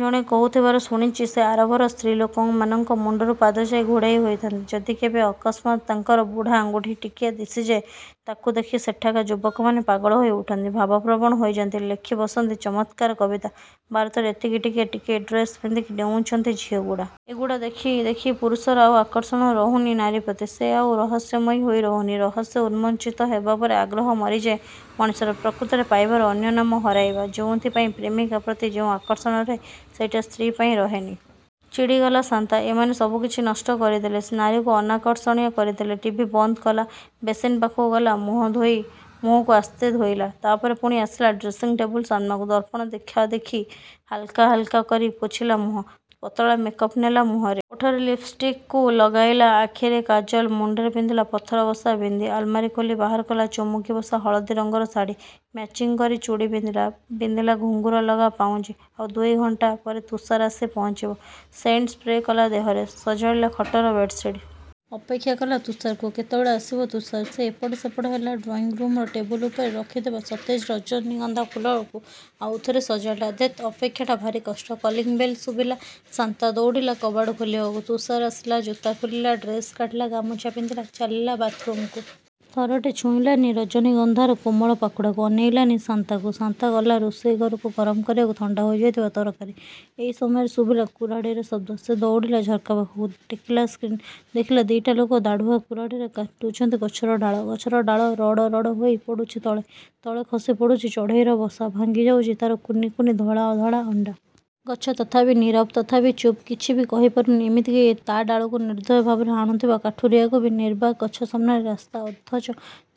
ଜଣେ କହୁଥିବାର ଶୁଣିଛି ସେ ଆରବର ସ୍ତ୍ରୀଲୋକମାନଙ୍କ ମୁଣ୍ଡରୁ ପାଦଯାଏ ଘୋଡ଼େଇ ହୋଇଥାନ୍ତି। ଯଦି କେବେ ଅକସ୍ମାତ୍, ତାଙ୍କର ବୁଢ଼ା ଆଙ୍ଗୁଠି ଟିକେ ଦିଶିଯାଏ, ତାକୁ ଦେଖି ସେଠାକା ଯୁବକମାନେ ପାଗଳ ହୋଇ ଉଠନ୍ତି। ଭାବପ୍ରବଣ ହୋଇଯାନ୍ତି। ଲେଖିବସନ୍ତି ଚମତ୍କାର କବିତା। ଭାରତରେ ଏତିକି ଟିକେ ଟିକେ ଡ୍ରେସ ପିନ୍ଧିକି ଡେଉଁଛନ୍ତି ଝିଅଗୁଡ଼ା। ଏ ଗୁଡ଼ା ଦେଖି ଦେଖି ପୁରଷର ଆଉ ଆକର୍ଷଣ ରହୁନି ନାରୀ ପ୍ରତି। ସେ ଆଉ ରହସ୍ୟମୟୀ ହୋଇ ରହୁନି। ରହସ୍ୟ ଉନ୍ମୋଚିତ ହେବାପରେ ଆଗ୍ରହ ମରିଯାଏ ମଣିଷର। ପ୍ରକୃତରେ ପାଇବାର ଅନ୍ୟନାମ ହରେଇବା। ଯେଉଁଥିପାଇଁ ପ୍ରେମିକା ପ୍ରତି ଯେଉଁ ଆକର୍ଷଣ ରହେ ସେଇଟା ସ୍ତ୍ରୀ ପାଇଁ ରହେନି। ଚିଡ଼ିଗଲା ଶାନ୍ତା ଏମାନେ ସବୁକିଛି ନଷ୍ଟ କରିଦେଲେ। ନାରୀକୁ ଅନାକର୍ଷଣୟ କରିଦେଲେ। ଟିଭି ବନ୍ଦ କଲା। ବେସିନ୍ ପାଖକୁ ଗଲା ମୁହଁକୁ ଆସ୍ତେ ଧୋଇଲା। ତା'ପରେ ପୁଣି ଆସିଲା ଡ୍ରେସିଂ ଟେବୁଲ ସାମ୍ନାକୁ। ଦର୍ପଣ ଦେଖିଦେଖି ହଲାକା ହାଲକା କରି ପୋଛିଲା ମୁହଁ। ପତଳା ମେକ୍ଅପ୍ ନେଲା ମୁହଁରେ। ଓଠରେ ଲିପ୍ଷ୍ଟିକ ଲଗାଇଲା ଆଖିରେ କାଜଲ, ମୁଣ୍ଡରେ ପିନ୍ଧିଲା ପଥରବସା ବିନ୍ଦି, ଆଲମାରୀ ଖୋଲି ବାହାରକଲା ଚୁମୁକିବସା ହଳଦୀ ରଙ୍ଗର ଶାଢ଼ୀ, ମ୍ୟାଚିଙ୍ଗ୍ କରି ଚୁଡ଼ି ପିନ୍ଧିଲା, ପିନ୍ଧିଲା ଘୁଙ୍ଗୁର ଲଗା ପାଉଜି, ଆଉ ଦୁଇ ଘଣ୍ଟା ପରେ ତୁଷାର ଆସି ପହଞ୍ଚିବ। ସେଣ୍ଟ ସ୍ପ୍ରେ କଲା ଦେହରେ, ସଜଡ଼ିଲା ଖଟର ବେଡ଼ସିଟ୍। ଅପେକ୍ଷାକଲା ତୁଷାରକୁ। କେତେବେଳେ ଆସିବ ତୁଷାର। ସେ ଏପଟ ସେପଟ ହେଲା। ଡ୍ରଇଂରୁମର ଟେବୁଲ ଉପରେ ରଖିଥିବା ସତେଜ ରଜନୀଗଂଧାଫୁଲକୁ ଆଉଥରେ ସଜାଡ଼ିଲା। ଧେତ୍ ଅପେକ୍ଷାଟା ଭାରିକଷ୍ଟ। କଲିଂବେଲ ଶୁଭିଲା। ଶାନ୍ତା ଦଉଡ଼ିଲା କବାଟ ଖୋଲିବାକୁ। ତୁଷାର ଆସିଲା। ଜୋତା ଖୋଲିଲା, ଡ୍ରେସ କାଢ଼ିଲା, ଗାମୁଛା ପିନ୍ଧିଲା, ଚାଲିଲା ବାଥରୁମକୁ। ଥରଟେ ଛୁଇଁଲାନି ରଜନୀଗଂଧାର କୋମଳ ପାଖୁଡ଼ାକୁ, ଅନେଇଲାନି ଶାନ୍ତାକୁ। ଶାନ୍ତା। ଗଲା ରୋଷେଇ ଘରକୁ ଗରମ କରିବାକୁ ଥଣ୍ଡା ହୋଇଯାଇଥିବା ତରକାରୀ। ଏହି ସମୟରେ ଶୁଭିଲା କୁରାଢ଼ୀର ଶବ୍ଦ। ସେ ଦଉଡ଼ିଲା ଝର୍କା ପାଖକୁ, ଟେକିଲା ସ୍କ୍ରିନ୍। ଦେଖିଲା ଦି'ଟା ଲୋକ ଦାଢ଼ୁଆ କୁରାଢ଼ିରେ କାଟୁଛନ୍ତି ଗଛର ଡାଳ, ଗଛର ଡାଳ ରଡ଼ ରଡ଼ ହୋଇ ପଡ଼ୁଛି ତଳେ, ତଳେ ଖସି ପଡ଼ୁଛି ଚଢ଼େଇର ବସା, ଭାଙ୍ଗି ଯାଉଛି ତା'ର କୁନି କୁନି ଧଳା ଧଳା ଅଣ୍ଡା। ଗଛ ତଥାପି ନୀରବ, ତଥାପି ଚୂପ, କିଛିବି କହିପାରୁନି ଏମିତିକି ତା'ଡାଳକୁ ନିର୍ଦ୍ଦୟ ଭାବରେ ହାଣୁଥିବା କାଠୁରିଆକୁ ବି। ନିର୍ବାକ ଗଛ ସାମ୍ନାରେ ରାସ୍ତା ଅଥଚ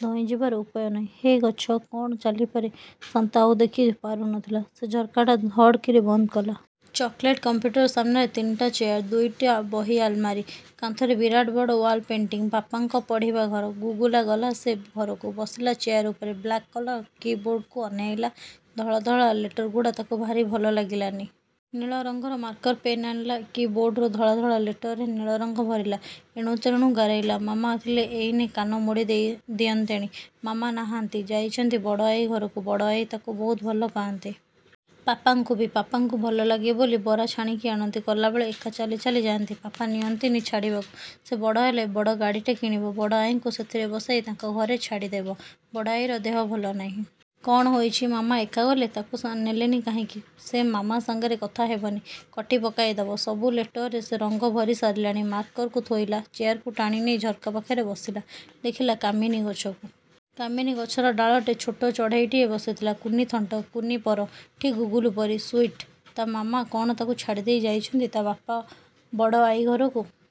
ଧଇଁ ଯିବାର ଉପାୟ ନାହିଁ। ହେଃ ଗଛ କ'ଣ ଚାଲିପାରେ? ଶାନ୍ତା ଆଉ ଦେଖି ପାରୁନଥିଲା। ସେ ଝର୍କାଟା ଧଡ଼୍କରି ବନ୍ଦ କଲା। Chocolate computer. ସାମ୍ନାରେ ତିନିଟା ଚେୟାର। ଦୁଇଟା ବହି ଆଲମାରୀ। କାନ୍ଥରେ ବିରାଟ ବଡ଼ ୱାଲ ପେଣ୍ଟିଂ। ପାପାଙ୍କ ପଢ଼ିବା ଘର। ଗୁଗୁଲୁ ଗଲା ସେ ଘରକୁ। ବସିଲା ଚେୟାର ଉପରେ-। ବ୍ଲାକ୍ କଲର କି-ବୋର୍ଡ଼କୁ ଅନେଇଲା। ଧଳା ଧଳା ଲେଟରଗୁଡ଼ା ତାକୁ ଭଲ ଲାଗିଲାନି। ନୀଳ ରଂଗର ମାର୍କର ପେନ୍ ଆଣିଲା। କି ବୋର୍ଡ଼ର ଧଳା ଧଳା ଲେଟରରେ ନୀଳ ରଂଗ ଭରିଲା। ଏଣୁତେଣୁ ଗାରେଇଲା। ମାମା ଥିଲେ ଏଇନେ କାନ ମୋଡ଼ି ଦିଅନ୍ତେଣି। ମାମା ନାହାଁନ୍ତି। ଯାଇଛନ୍ତି ବଡ଼ ଆଈ ଘରକୁ। ବଡ଼ ଆଈ। ତାକୁ ବହୁତ ଭଲ ପାଆନ୍ତି-। ପାପାଙ୍କୁ ବି। ପାପାଙ୍କୁ ଭଲ ଲାଗେ ବୋଲି ବରା ଛାଣିକି ଆଣନ୍ତି। ଗଲାବେଳେ ଏକା ଚାଲି ଚାଲି ଯା'ନ୍ତି। ପାପା ନିଅନ୍ତି ନି ଛାଡ଼ିବାକୁ। ସେ ବଡ଼ ହେଲେ ବଡ଼ ଗାଡ଼ିଟେ କିଣିବ। ବଡ଼ ଆଈଙ୍କୁ ସେଥିରେ ବସାଇ ତାଙ୍କ ଘରେ ଛାଡ଼ିଦେବ। ବଡ଼ ଆଈର ଦେହ ଭଲ ନାହିଁ। କ'ଣ ହୋଇଛି? ମାମା ଏକା ଗଲେ। ତାକୁ ନେଲେନି କାହିଁକି? ସେ ମାମା ସାଙ୍ଗରେ କଥା ହେବନି। କଟି ପକାଇ ଦେବ। ସବୁ ଲେଟରରେ ସେ ରଙ୍ଗ ଭରି ସାରିଲାଣି। ମାର୍କରକୁ ଥୋଇଲା। ଚେୟାରକୁ ଟାଣି ନେଇ ଝର୍କା ପାଖରେ ବସିଲା। ଦେଖିଲା କାମିନୀ ଗଛକୁ। କାମିନୀ ଗଛର ଡାଳରେ ଛୋଟ ଚଢ଼େଇଟିଏ ବସିଥିଲା। କୁନି ଥଣ୍ଟ। କୁନି ପର। ଠିକ୍ ଗୁଗୁଲୁ ପରି। ସୁଇଟ୍। ତା' ମାମା କ'ଣ ତାକୁ ଛାଡ଼ିଦେଇ ଯାଇଛନ୍ତି, ତା' ବଡ଼ ଆଈ ଘରକୁ?